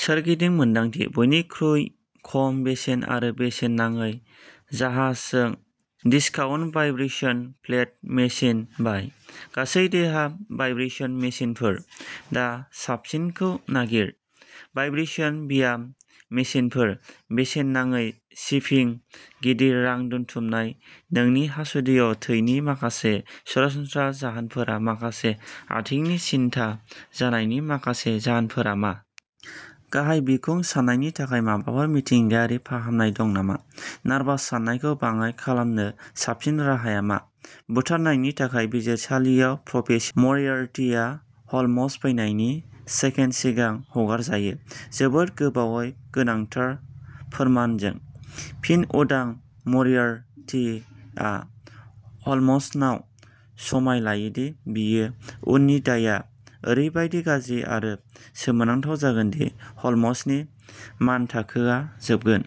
सोरगिदिं मोन्दांथि। बयनिख्रुइ खम बेसेन आरो बेसेन नाङै जाहाजजों डिसकाउन्ट भाइब्रेशन प्लेट मेसिन बाय। गासै देहा भाइब्रेशन मेसिनफोर। दा साबसिनखौ नागिर। भाइब्रेशन ब्याम मेसिनफोर, बेसेन नाङै शिपिं, गिदिर रां दोनथुमनाय, नोंनि हासुदैयाव थैनि माखासे सरासनस्रा जाहोनफोरा माखासे आथिंनि सिनथा जानायनि माखासे जाहोनफोरा मा? गाहाय बिखुं सानायनि थाखाय माबाबा मिथिंगायारि फाहामनाय दं नामा? नार्भस सानायखौ बाङाइ खालामनो साबसिन राहाया मा? बुथारनायनि थाखाय बिजिरसालियाव प्रफेस मरियार्टिआ ह'ल्मस फैनायनि सेकेन्ड सिगां हगारजायो, जोबोद गोबावै गोनांथार फोरमानजों। फिन उदां मरियार्टिआ ह'ल्मसनाव समाय लायो दि बिनि उननि दायआ ओरैबादि गाज्रि आरो सोमोनांथाव जागोन दि ह'ल्मसनि मानथाखोआ जोबगोन।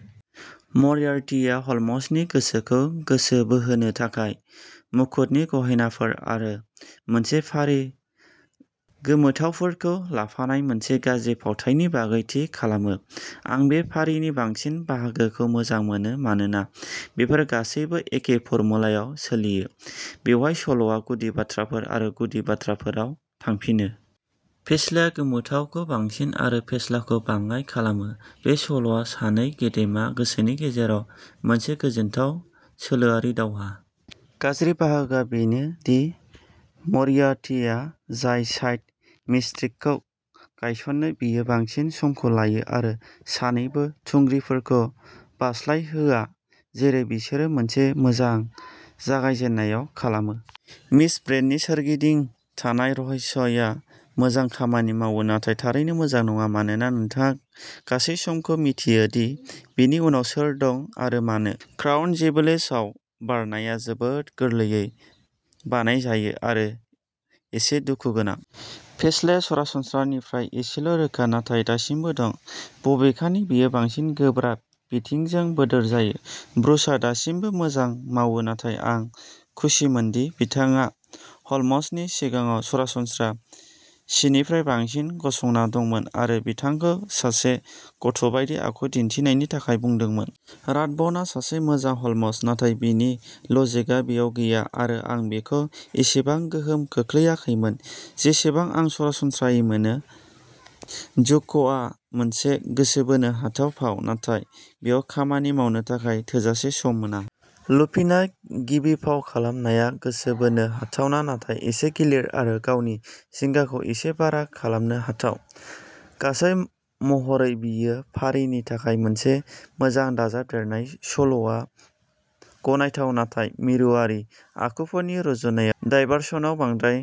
मरियार्टिया ह'ल्मसनि गोसोखौ गोसो बोहोनो थाखाय मुकुटनि गहेनाफोर आरो मोनसे फारि गोमोथावफोरखौ लाफानाय मोनसे गाज्रि फावथाइनि बागै थि खालामो। आं बे फारिनि बांसिन बाहागोखौ मोजां मोनो मानोना बेफोर गासैबो एखे फर्मुलायाव सोलियो। बेवहाय सल'आ गुदि बाथ्राफोर आरो गुदि बाथ्राफोराव थांफिनो। फेस्लाया गोमोथावखौ बांसिन आरो फेस्लाखौ बाङाइ खालामो। बे सल'आ सानै गेदेमा गोसोनि गेजेराव मोनसे गोजोनथाव सोलोआरि दावहा। गाज्रि बाहागोआ बेनो दि मरियार्टिया जाय साइड मिस्ट्रिकखौ गायसनो बेयो बांसिन समखौ लायो आरो सानैबो थुंग्रिफोरखौ बारस्लायहोआ जेरै बिसोरो मोनसे मोजां जागायजेन्नायाव खालामो। मिस ब्रेन्डननि सोरगिदिं थानाय रहस्यआ मोजां खामानि मावो नाथाय थारैनो मोजां नङा मानोना नोंथाङा गासै समखौ मिथियो दि बेनि उनाव सोर दं आरो मानो? क्राउन ज्वेल्सआव बारनाया जोबोद गोरलैयै बानायजायो आरो एसे दुखु गोनां। फेस्लाया सरासनस्रानिफ्राय एसेल' रोखा नाथाय दासिमबो दं। बबेखानि बेयो बांसिन गोब्राब बिथिंजों बोदोर जायो। ब्रुसआ दासिमबो मोजां मावो नाथाय आं खुसिमोनदि बिथाङा ह'ल्मसनि सिगाङाव सरासनस्रा सिनिफ्राय बांसिन गसंना दंमोन आरो बिथांखौ सासे गथ'बायदि आखु दिन्थिनायनि थाखाय बुंदोंमोन। राथबनआ सासे मोजां ह'ल्मस। नाथाय बिनि लजिकआ बेयाव गैया आरो आं बिखौ एसेबां गोहोम खोख्लैयाखैमोन जेसेबां आं सरासनस्रायै मोनो। जुक्क'आ मोनसे गोसो बोनो हाथाव फाव, नाथाय बेयाव खामानि मावनो थाखाय थोजासे सम मोना। लुपिनआ गिबि फाव खालामनाया गोसो बोनो हाथावना नाथाय एसे गिलिर आरो गावनि जिंगाखौ एसे बारा खालामनो हाथाव। गासै महरै बेयो फारिनि थाखाय मोनसे मोजां दाजाबदेरनाय। सल'आ गनायथाव नाथाय मिरुआरि आखुफोरनि रुजुनायाव डायभारसनआव बांद्राय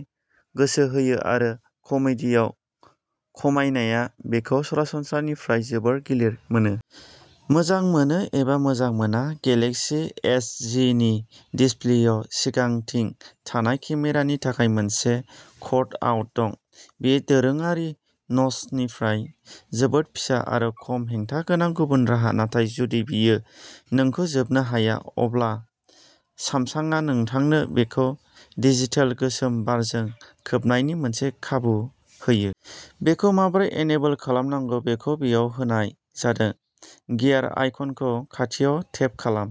गोसो होयो आरो कमेडीयाव खमायनाया बेखौ सरासनस्रानिफ्राय जोबोद गिलिर मोनो। मोजां मोनो एबा मोजां मोना, गेलेक्सी एस जि नि डिसप्लेआव सिगांथिं थानाय केमेरानि थाखाय मोनसे कटआउट दं। बेयो दोरोङारि न'चनिफ्राय जोबोद फिसा आरो खम हेंथा गोनां गुबुन राहा, नाथाय जुदि बेयो नोंखौ जोबनो हाया, अब्ला सामसांआ नोंथांनो बेखौ डिजिटेल गोसोम बारजों खोबनायनि मोनसे खाबु होयो। बेखौ माबोरै एनेबेल खालामनांगौ बेखौ बेयाव होनाय जादों। गियार आइकनखौ खाथियाव टेप खालाम।